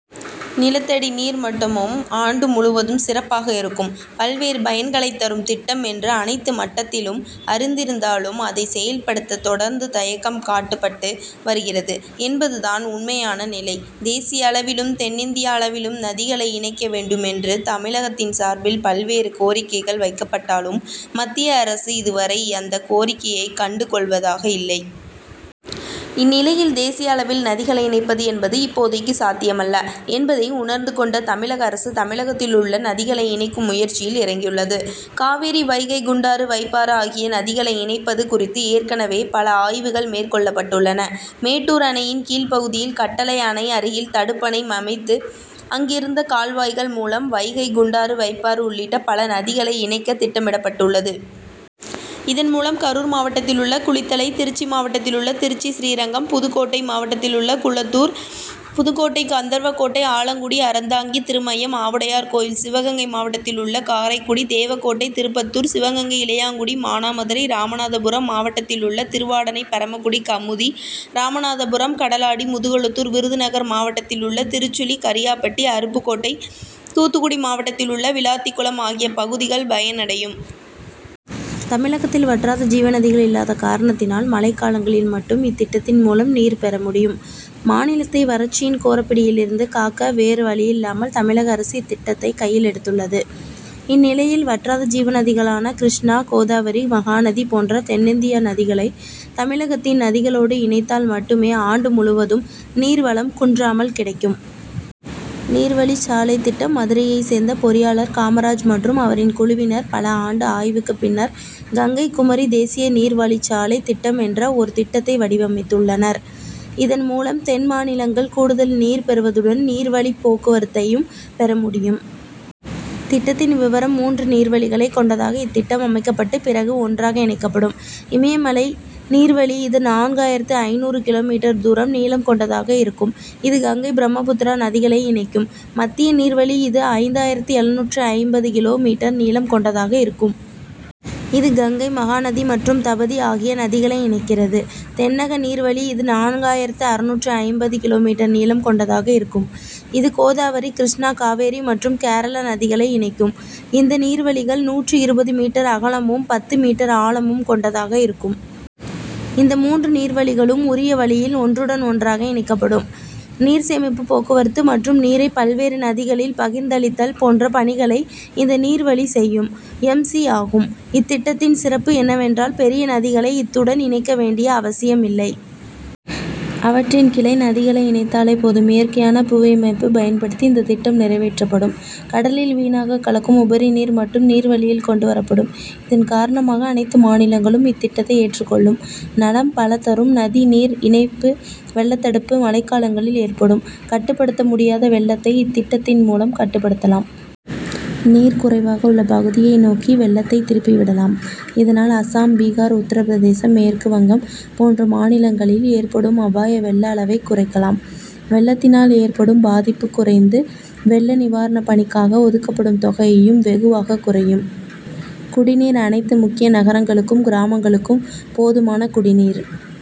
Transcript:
நிலத்தடி நீர் மட்டமும் ஆண்டு முழுவதும் சிறப்பாக இருக்கும். பல்வேறு பயன்களை தரும் திட்டம் என்று அனைத்து மட்டத்திலும் அறிந்திருந்தாலும் அதை செயல்படுத்த தொடர்ந்து தயக்கம் காட்டப்பட்டு வருகிறது என்பது தான் உண்மையான நிலை. தேசிய அளவிலும் தென்னிந்திய அளவிலும் நதிகளை இணைக்க வேண்டும் என்று தமிழகத்தின் சார்பில் பல்வேறு கோரிக்கைகள் வைக்கப்பட்டாலும் மத்திய அரசு இதுவரை அந்த கோரிக்கையை கண்டு கொள்வதாக இல்லை. இந்நிலையில் தேசிய அளவில் நதிகளை இணைப்பது என்பது இப்போதைக்கு சாத்தியமல்ல என்பதை உணர்ந்து கொண்ட தமிழக அரசு தமிழகத்திலுள்ள நதிகளை இணைக்கும் முயற்சியில் இறங்கியுள்ளது. காவிரி வைகை குண்டாறு வைப்பாறு ஆகிய நதிகளை இணைப்பது குறித்து ஏற்கனவே பல ஆய்வுகள் மேற்கொள்ளப்பட்டுள்ளன. மேட்டூர் அணையின் கீழ் பகுதியில் கட்டளை அணை அருகில் தடுப்பணை அமைத்து அங்கிருந்து கால்வாய்கள் மூலம் வைகை குண்டாறு வைப்பாறு உள்ளிட்ட பல நதிகளை இணைக்க திட்டமிடப்பட்டுள்ளது. இதன் மூலம் கரூர் மாவட்டத்திலுள்ள குளித்தலை திருச்சி மாவட்டத்திலுள்ள திருச்சி ஸ்ரீரங்கம் புதுக்கோட்டை மாவட்டத்திலுள்ள குளத்தூர் புதுக்கோட்டை கந்தர்வகோட்டை ஆலங்குடி அறந்தாங்கி திருமயம் ஆவுடையார் கோவில் சிவகங்கை மாவட்டத்திலுள்ள காரைக்குடி தேவக்கோட்டை திருப்பத்தூர் சிவகங்கை இளையங்குடி மானாமதுரை ராமநாதபுரம் மாவட்டத்திலுள்ள திருவடானை பரமக்குடி கமுதி ராமநாதபுரம் கடலாடி முதுகுளத்தூர் விருதுநகர் மாவட்டத்திலுள்ள திருச்சுழி கரியாப்பட்டி அருப்புக்கோட்டை தூத்துக்குடி மாவட்டத்திலுள்ள விளாத்திக்குளம் ஆகிய பகுதிகள் பயன் அடையும். தமிழகத்தில் வற்றாத ஜீவநதிகள் இல்லாத காரணத்தினால் மழைக்காலங்களில் மட்டுமே இத்திட்டத்தின் மூலம் நீர் பெற முடியும். மாநிலத்தை வறட்சியின் கோரப்பிடியிலிருந்து காக்க வேறு வழியில்லாமல் தமிழக அரசு இத்திட்டத்தை கையில் எடுத்துள்ளது. இந்நிலையில் வற்றாத ஜீவநதிகளான கிருஷ்ணா கோதாவரி மகாநதி போன்ற தென்னிந்திய நதிகளை தமிழகத்தின் நதிகளோடு இணைத்தால் மட்டுமே ஆண்டு முழுவதும் நீர்வளம் குன்றாமல் கிடைக்கும். நீர் வழிச் சாலை திட்டம் மதுரையைச் சேர்ந்த பொறியாளர் காமராஜ் மற்றும் அவரின் குழுவினர் பல ஆண்டு ஆய்வுக்கு பின்னர் கங்கை குமரி தேசிய நீர் வழிச்சாலை திட்டம் என்ற ஒரு திட்டத்தை வடிவமைத்துள்ளனர். இதன் மூலம் தென் மாநிலங்கள் கூடுதல் நீர் பெறுவதுடன் நீர் வழிப் போக்குவரத்தையும் பெற முடியும். திட்டத்தின் விவரம் மூன்று நீர்வழிகளை கொண்டதாக இத்திட்டம் அமைக்கப்பட்டு பிறகு ஒன்றாக இணைக்கப்படும். இமயமலை நீர்வழி இது நான்காயிரத்து ஐநூறு கிலோ மீட்டர் தூரம் நீளம் கொண்டதாக இருக்கும். இது கங்கை பிரம்மபுத்திரா நதிகளை இணைக்கும். மத்திய நீர்வழி இது ஐந்தாயிரத்து எழுநூற்று ஐம்பது கிலோ மீட்டர் நீளம் கொண்டதாக இருக்கும். இது கங்கை மகாநதி மற்றும் தபதி ஆகிய நதிகளை இணைக்கிறது. தென்னக நீர்வழி இது நான்காயிரத்து அறுநூற்று ஐம்பது கிலோ மீட்டர் நீளம் கொண்டதாக இருக்கும். இது கோதாவரி கிருஷ்ணா காவிரி மற்றும் கேரள நதிகளை இணைக்கும். இந்த நீர்வழிகள் நூற்று இருபது மீட்டர் அகலமும் பத்து மீட்டர் ஆழமும் கொண்டதாக இருக்கும். இந்த மூன்று நீர்வழிகளும் உரிய வழியில் ஒன்றுடன் ஒன்றாக இணைக்கப்படும். நீர் சேமிப்பு போக்குவரத்து மற்றும் நீரை பல்வேறு நதிகளில் பகிர்ந்தளித்தல் போன்ற பணிகளை இந்த நீர்வழி செய்யும். எம். சி. ஆகும். இத்திட்டத்தின் சிறப்பு என்னவென்றால் பெரிய நதிகளை இத்துடன் இணைக்க வேண்டிய அவசியம் இல்லை. அவற்றின் கிளை நதிகளை இணைத்தாலே போதும். இயற்கையான புவியமைப்பு பயன்படுத்தி இந்த திட்டம் நிறைவேற்றப்படும். கடலில் வீணாக கலக்கும் உபரி நீர் மட்டுமே நீர்வழியில் கொண்டு வரப்படும். இதன் காரணமாக அனைத்து மாநிலங்களும் இத்திட்டத்தை ஏற்றுக் கொள்ளும். நலம் பல தரும் நதி நீர் இணைப்பு வெள்ளத்தடுப்பு மழைக்காலங்களில் ஏற்படும் கட்டுப்படுத்த முடியாத வெள்ளத்தை இந்த திட்டத்தின் மூலம் கட்டுப்படுத்தலாம். நீர் குறைவாக உள்ள பகுதியை நோக்கி வெள்ளத்தை திருப்பி விடலாம். இதனால் அசாம் பீகார் உத்தரப்பிரதேசம் மேற்கு வங்கம் போன்ற மாநிலங்களில் ஏற்படும் அபாய வெள்ள அளவை குறைக்கலாம். வெள்ளத்தினால் ஏற்படும் பாதிப்பு குறைந்து வெள்ள நிவாரண பணிக்காக ஒதுக்கப்படும் தொகையும் வெகுவாக குறையும். குடிநீர் அனைத்து முக்கிய நகரங்களுக்கும் கிராமங்களுக்கும் போதுமான குடிநீர்